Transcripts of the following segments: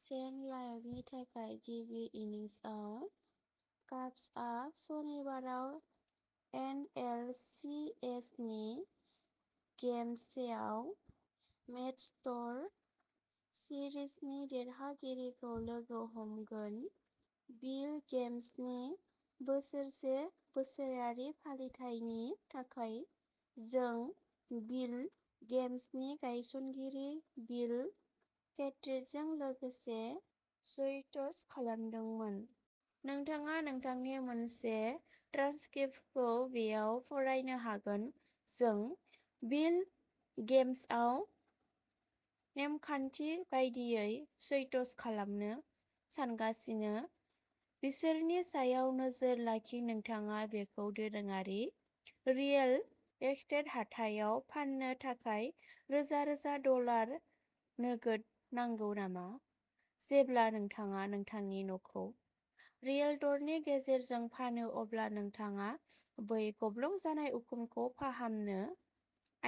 Saint लुइसनि थाखाय गिबि इनिंसआव। काब्सआ सनिबाराव एन एल सि एस नि गेम से आव मेट्स-डजर्स सिरिजनि देरहागिरिखौ लोगो हमगोन। बिल गेम्सनि बोसोरसे बोसोरारि फालिथायनि थाखाय, जों बिल गेम्सनि गायसनगिरि बिल केन्ड्रिकजों लोगोसे चैट्स खालामदोंमोन। नोंथाङा बेनि मोनसे ट्रान्सक्रिप्टखौ बेयाव फरायनो हागोन जों बिल गेम्सआव नेमखान्थि बादियै चैट्स खालामनो सानगासिनो बिसोरनि सायाव नोजोर लाखि नोंथाङा बेखौ दोरोङारि रियेल एस्टेट हाथायाव फान्नो थाखाय रोजा-रोजा डलार नोगोद नांगौ नामा? जेब्ला नोंथाङा नोंथांनि न'खौ रियेल्टरनि गेजेरजों फानो, अब्ला नोंथाङा बै गब्लं जानाय उखुमखौ फाहामनो,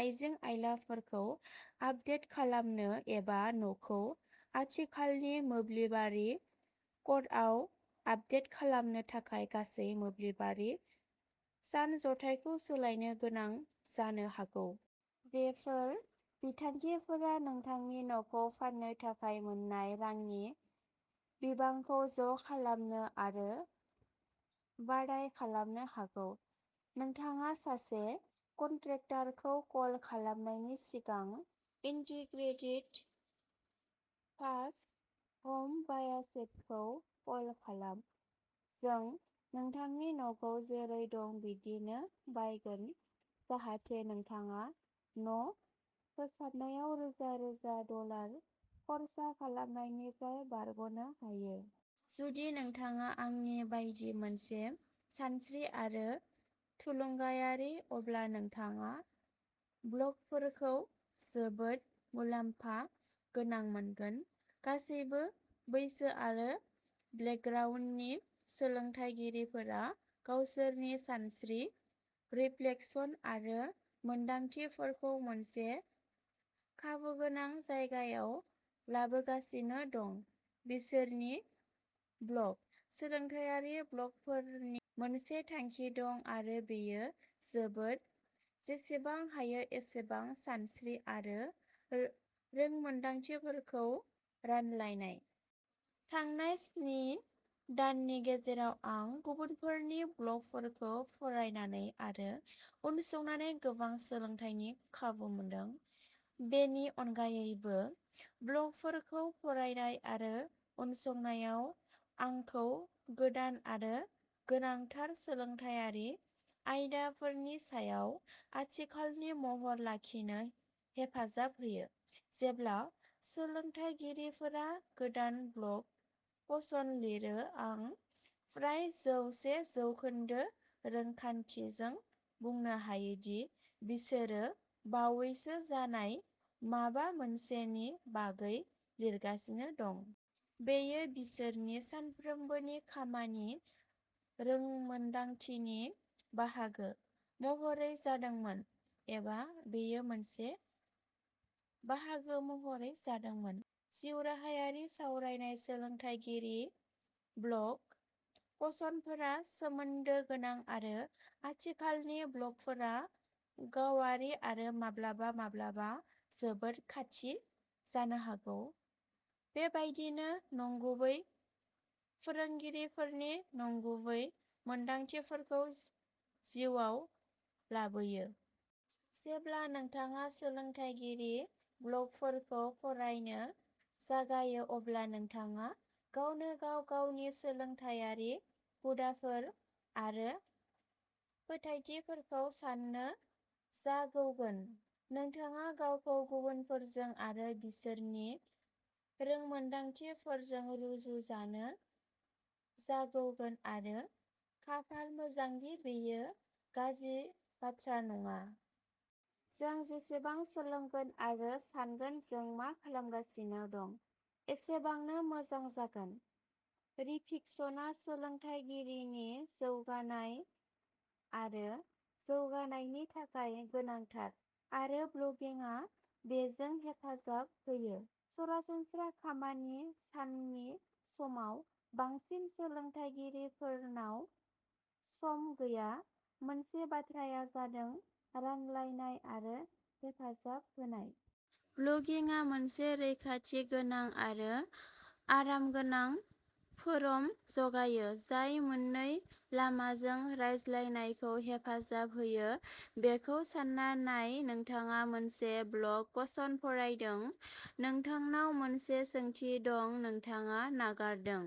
आइजें-आइलाफोरखौ आपदेट खालामनो, एबा न'खौ आथिखालनि मोब्लिबारि क'डआव आपदेट खालामनो थाखाय गासै मोब्लिबारि सानज'थायखौ सोलायनो गोनां जानो हागौ। बेफोर बिथांखिफोरा नोंथांनि न'खौ फान्नो थाखाय मोन्नाय रांनि बिबांखौ ज'खालामनो आरो बाडाइ खालामनो हागौ। नोंथाङा सासे कन्ट्रेक्टरखौ कल खालामनायनि सिगां, इन्टिग्रिटी फार्स्ट ह'म बायार्सखौ कल खालाम। जों नोंथांनि न'खौ जेरै दं बिदिनो बायगोन जाहाथे नोंथाङा न'फोसाबनायाव रोजा रोजा डलार खर्सा खालामनायनिफ्राय बारग'नो हायो। जुदि नोंथाङा आंनि बायदि मोनसे सानस्रि आरो थुलुंगायारि, अब्ला नोंथाङा ब्लगफोरखौ जोबोद मुलाम्फा गोनां मोनगोन। गासैबो बैसो आरो बेकग्राउन्डनि सोलोंथायगिरिफोरा गावसोरनि सानस्रि, रिफ्लेक्शन आरो मोनदांथिफोरखौ मोनसे खाबुगोनां जायगायाव लाबोगासिनो दं बिसोरनि ब्लग। सोलोंथायारि ब्लगारफोरनि मोनसे थांखि दं, आरो बेयो जाबाय जेसेबां हायो एसेबां सानस्रि आरो रोंमोन्दांथिफोरखौ रानलायनाय। थांनाय स्नि दाननि गेजेराव, आं गुबुनफोरनि ब्लगफोरखौ फरायनानै आरो उनसंनानै गोबां सोलोंनायनि खाबु मोनदों। बेनि अनगायैबो, ब्लगफोरखौ फरायनाय आरो उनसंनाया आंखौ गोदान आरो गोनांथार सोलोंथायारि आयदाफोरनि सायाव आथिखालनि महराव लाखिनो हेफाजाब होयो। जेब्ला सोलोंथायगिरिफोरा गोदान ब्लग पस्ट लिरो, आं फ्राय जौसे जौखोन्दो रोखाथिजों बुंनो हायो दि बिसोरो बावैसो जानाय माबा मोनसेनि बागै लिरगासिनो दं। बेयो बिसोरनि सानफ्रोमबोनि खामानि रोंमोन्दांथिनि बाहागो महरै जादोंमोन, एबा बेयो मोनसे बाहागो महरै जादोंमोन। जिउराहायारि सावरायनाय, सोलोंथायगिरि ब्लग पस्टफोरा सोमोन्दो गोनां आरो आथिखालनि ब्लगफोरा गावारि आरो माब्लाबा माब्लाबा जोबोद खाथि जानो हागौ, बेबादिनो नंगुबै फोरोंगिरिफोरनि नंगुबै मोनदांथिफोरखौ जिउआव लाबोयो। जेब्ला नोंथाङा सोलोंथायगिरि ब्लगफोरखौ फरायनो जागायो, अब्ला नोंथाङा गावनो गाव गावनि सोलोंथायारि हुदाफोर आरो फोथायथिफोरखौ साननो जागौगोन। नोंथाङा गावखौ गुबुनफोरजों आरो बिसोरनि रोंमोनदांथिफोरजों रुजुजानो जागौगोन, आरो खाफाल मोजां दि बेयो गाज्रि बाथ्रा नङा। जों जेसेबां सोलोंगोन आरो सानगोन जों मा खालामगासिनो दं एसेबांनो मोजां जागोन। रिफिक्सनआ सोलोंथायगिरिनि जौगानाय आरो जौगानायनि थाखाय गोनांथार, आरो ब्लगिंआ बेजों हेफाजाब होयो। सरासनस्रा खामानि साननि समाव बांसिन सोलोंथायगिरिफोरनाव सम गैया मोनसे बाथ्राया जादों रानलायनाय आरो हेफाजाब होनाय। ब्लगिंआ मोनसे रैखाथि गोनां आरो आरामगोनां फोरम जगायो जाय मोननै लामाजों रायज्लायनायखौ हेफाजाब होयो। बेखौ सानना नाय नोंथाङा मोनसे ब्लग पस'न्ड फरायदों नोंथांनाव मोनसे सोंथि दं नोंथाङा नागारदों।